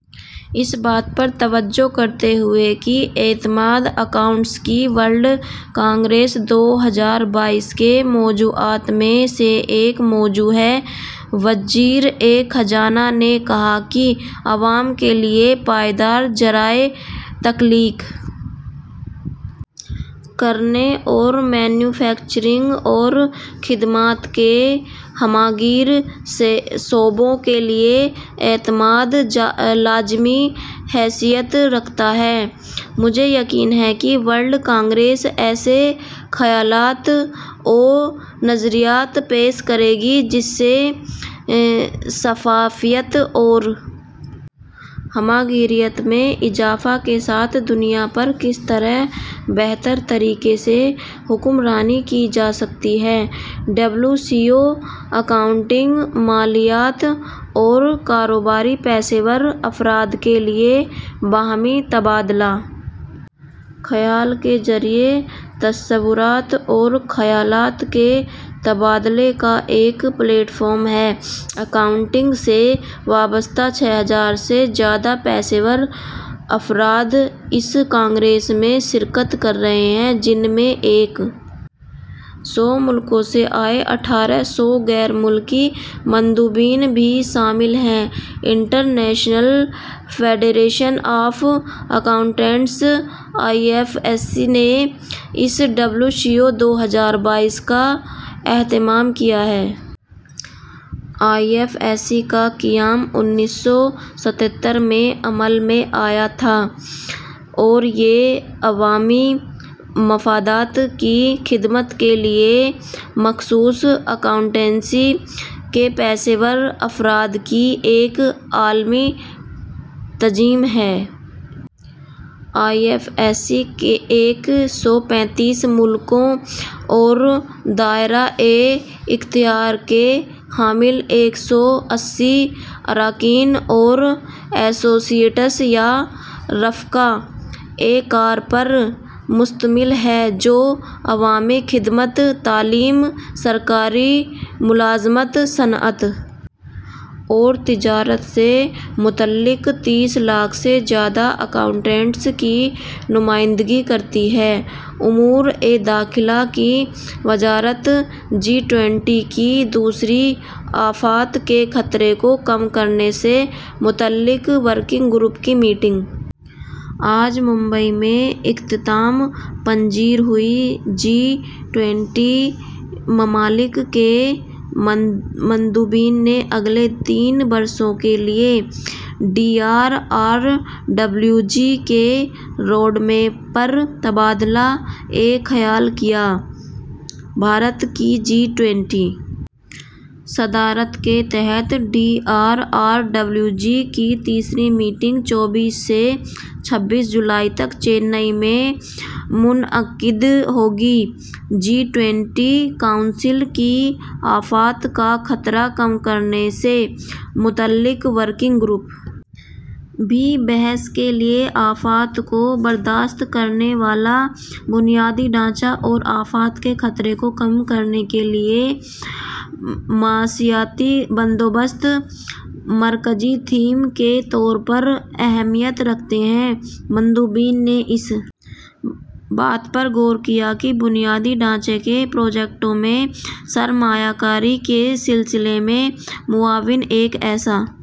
اس بات پر توجہ کرتے ہوئے کہ اعتماد اکاؤنٹس کی ورلڈ کانگریس دو ہزار بائیس کے موضوعات میں سے ایک موضوع ہے وزیر خزانہ نے کہا کہ عوام کے لیے پائیدار ذرائع تخلیق کرنے اور مینوفیکچرنگ اور خدمات کے ہمہ گیر شعبوں کے لیے اعتماد لازمی حیثیت رکھتا ہے مجھے یقین ہے کہ ورلڈ کانگریس ایسے خیالات و نظریات پیش کرے گی جس سے شفافیت اور ہمہ گیریت میں اضافہ کے ساتھ دنیا پر کس طرح بہتر طریقے سے حکمرانی کی جا سکتی ہے W C O A accounting مالیات اور کاروباری پیشہ ور افراد کے لیے باہمی تبادلہ خیال کے ذریعہ تصورات اور خیالات کے تبادلوں کا ایک پلیٹ فارم ہے اکاؤنٹنگ سے وابستہ چھ ہزار سے زیادہ پیشہ ور افراد اس کانگریس میں شرکت کر رہے ہیں جن میں ایک سو ملکوں سے آئے اٹھارہ سو غیر ملکی مندوبین بھی شامل ہیں international federation of accountants I F A C نے اس ڈبلیو سی او اے دو ہزار بائیس کا اہتمام کیا ہے آئی ایف اے سی کا قیام انیس سو ستتر میں عمل میں آیا تھا اور یہ عوامی مفادات کی خدمت کے لیے مخصوص اکاؤنٹنسی کے پیشہ ور افراد کی ایک عالمی تنظیم ہے آئی ایف اے سی ایک سو پینتیس ممالک اور دائرہ اختیار کے حامل ایک سو اسی اراکین اور ایسوسی ایٹس یا رفقائے کار پر مشتمل ہے جو عوامی خدمت تعلیم سرکاری ملازمت صنعت اور تجارت سے متعلق تیس لاکھ سے زیادہ اکاؤنٹنٹس کی نمائندگی کرتی ہے امور داخلہ کی وزارت جی ٹوئنٹی کی دوسری آفات کے خطرے کو کم کرنے سے متعلق ورکنگ گروپ کی میٹنگ آج ممبئی میں اختتام پذیر ہوئی جی ٹوئنٹی ممالک کے مندوبین نے اگلے تین برسوں کے لیے D R R W G کے روڈ میپ پر تبادلہ خیال کیا بھارت کی جی ٹوئنٹی صدارت کے تحت D R R W G کی تیسری میٹنگ چوبیس سے چھبیس جولائی تک چنئی میں منعقد ہوگی جی ٹوئنٹی کونسل کی آفات کا خطرہ کم کرنے سے متعلق ورکنگ گروپ بھی بحث کے لیے آفات کو برداشت کرنے والا بنیادی ڈھانچے اور آفات کے خطرے کو کم کرنے کے لیے مالیاتی بندوبست مرکزی تھیم کے طور پر اہمیت رکھتے ہیں مندوبین نے اس بات پر غور کیا کہ بنیادی ڈھانچے کے پروجیکٹوں میں سرمایہ کاری کے سلسلے میں معاون ایک ایسا